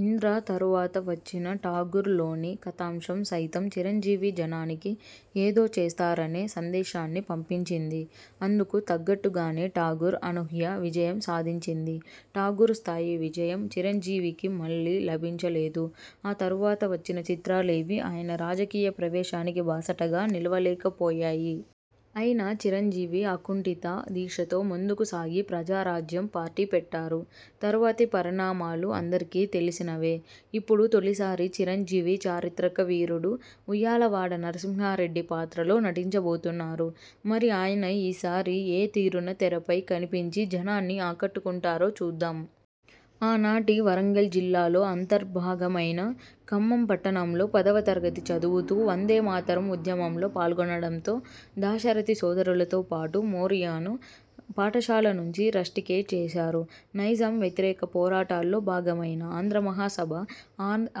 'ఇంద్ర' తరువాత వచ్చిన 'ఠాగూర్' లోని కథాంశం సైతం చిరంజీవి జనానికి ఏదో చేస్తారనే సందేశాన్ని పంపించింది. అందుకు తగ్గట్టుగానే 'ఠాగూర్' అనూహ్య విజయం సాధించింది. 'ఠాగూర్' స్థాయి విజయం చిరంజీవికి మళ్ళీ లభించలేదు. ఆ తరువాత వచ్చిన చిత్రాలేవీ ఆయన రాజకీయ ప్రవేశానికి బాసటగా నిలవలేకపోయాయి. అయినా చిరంజీవి అకుంటిత దీక్షతో ముందుకు సాగి 'ప్రజారాజ్యం' పార్టీ పెట్టారు. తరువాతి పరిణామాలు అందరికీ తెలిసినవే. ఇప్పుడు తొలిసారి చిరంజీవి చారిత్రక వీరుడు 'ఉయ్యాలవాడ నరసింహారెడ్డి' పాత్రలో నటించబోతున్నారు. మరి ఆయన ఈ సారి ఏ తీరున తెరపై కనిపించి జనాన్ని ఆకట్టుకుంటారో చూద్దాం. ఆనాటి వరంగల్ జిల్లాలో అంతర్భాగమైన ఖమ్మం పట్టణంలో పదవ తరగతి చదువుతూ 'వందే మాతరం' ఉద్యమంలో పాల్గొనడంతో దాశరథి సోదరులతో పాటు మోరియాను పాఠశాల నుంచి రస్టికేట్ చేశారు. నైజాం వ్యతిరేక పోరాటాల్లో భాగమైన ఆంధ్రమహాసభ,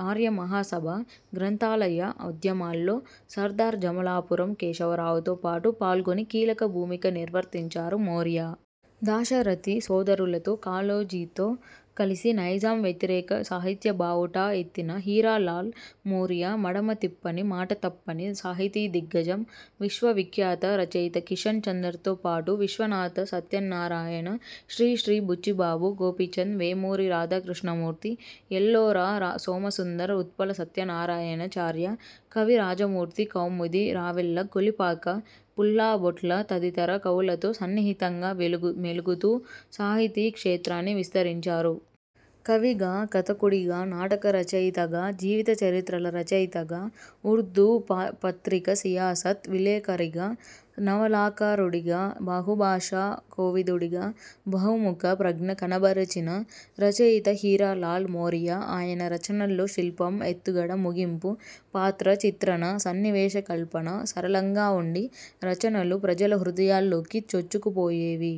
ఆర్యమహాసభ, గ్రంథాలయ ఉద్యమాల్లో సర్దార్ జమలాపురం కేశవరావుతో పాటు పాల్గొని కీలక భూమిక నిర్వర్తించారు మోరియా. దాశరథి సోదరులతో, కాళోజీతో కలిసి నైజాం వ్యతిరేక సాహిత్య బావుటా ఎత్తిన హీరాలాల్ మోరియా మడమ తిప్పని, మాట తప్పని సాహితీ దిగ్గజం. విశ్వవిఖ్యాత రచయిత కిషన్ చందర్తోపాటు విశ్వనాథ సత్యన్నారాయణ, శ్రీశ్రీ, బుచ్చిబాబు, గోపీచంద్, వేమూరి రాధాకృష్ణమూర్తి, ఎల్లోరా, సోమసుందర్, ఉత్పల సత్యనారాయణ చార్య, కవిరాజమూర్తి, కౌముది, రావెళ్ళ, కొలిపాక, పుల్లాబొట్ల తదితర కవులతో సన్నిహితంగా మెలుగుతూ సాహితీ క్షేత్రాన్ని విస్తరించారు. కవిగా, కథకుడిగా, నాటక రచయితగా, జీవిత చరిత్రల రచయితగా, ఉర్దూ పత్రిక సియాసత్ విలేఖరిగా, నవలాకారుడిగా, బహుభాషా కోవిదుడిగా బహుముఖ ప్రజ్ఞ కనబరచిన రచయిత హీరాలాల్ మోరియా. ఆయన రచనల్లో శిల్పం, ఎత్తుగడ, ముగింపు, పాత్ర చిత్రణ, సన్నివేశ కల్పన సరళంగా ఉండి రచనలు ప్రజల హృదయాల్లోకి చొచ్చుకుపోయేవి.